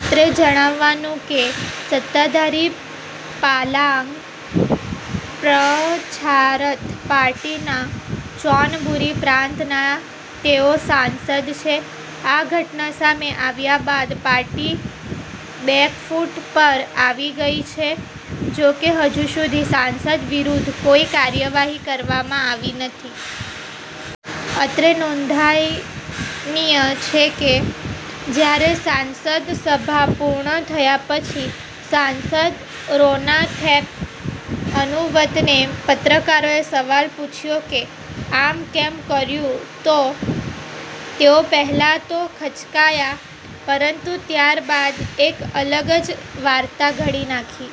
અત્રે જણાવવાનું કે, સત્તાધારી પાલાંગ પ્રછારાથ પાર્ટી ના ચોનબુરી પ્રાંતના તેઓ સાંસદ છે. આ ઘટના સામે આવ્યા બાદ પાર્ટી બેકફૂટ પર આવી ગઈ છે. જો કે હજુ સુધી સાંસદ વિરુદ્ધ કોઈ કાર્યવાહી કરવામાં આવી નથી. અત્રે નોધનીય છે કે, જયારે સંસદ સભા પૂર્ણ થયા પછી સાંસદ રોન્નાથેપ અનુવતને પત્રકારોએ સવાલ પૂછ્યો કે, આમ કેમ કર્યું તો તેઓ પહેલા તો ખચકાયા, પરંતુ ત્યારબાદ એક અલગ જ વાર્તા ઘડી નાખી.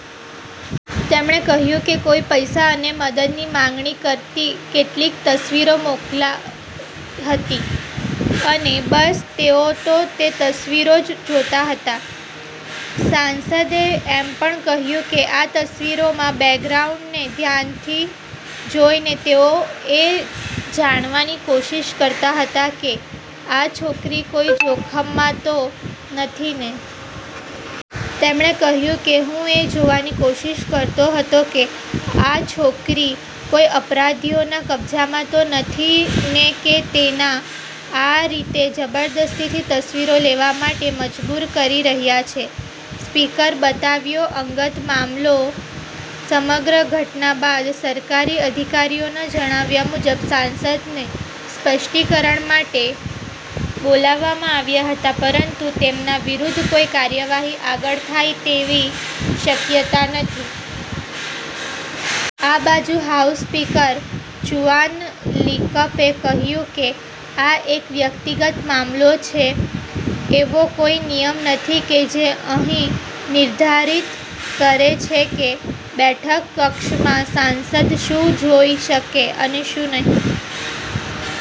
તેમણે કહ્યું કે કોઈ પૈસા અને મદદની માગણી કરતી કેટલીક તસવીરો મોકલી હતી અને બસ તેઓ તો તે તસવીરો જ જોતા હતાં. સાંસદે એમ પણ કહ્યું કે 'આ તસવીરોમાં બેકગ્રાઉન્ડને ધ્યાનથી જોઈને તેઓ એ જાણવાની કોશિશ કરતા હતાં કે આ છોકરી કોઈ જોખમમાં તો નથી ને. તેમણે કહ્યું કે, હું એ જોવાની કોશિશ કરતો હતો કે આ છોકરી કોઈ અપરાધીઓના કબ્જામાં તો નથી ને કે તેને આ રીતે જબરદસ્તીથી તસવીરો લેવા માટે મજબૂર કરી રહ્યા છે. ' સ્પીકરે બતાવ્યો અંગત મામલો સમગ્ર ઘટના બાદ સરકારી અધિકારીઓના જણાવ્યાં મુજબ, સાંસદને સ્પષ્ટીકરણ માટે બોલાવવામાં આવ્યાં પરંતુ તેમના વિરુદ્ધ કોઈ કાર્યવાહી આગળ થાય તેવી શક્યતા નથી. આ બાજુ હાઉસ સ્પીકર ચુઆન લીક્પએ કહ્યું કે, આ એક વ્યક્તિગત મામલો છે. એવો કોઈ નિયમ નથી કે જે અહીં નિર્ધારિત કરે છે કે બેઠક કક્ષમાં સાંસદ શું જોઈ શકે અને શું નહીં.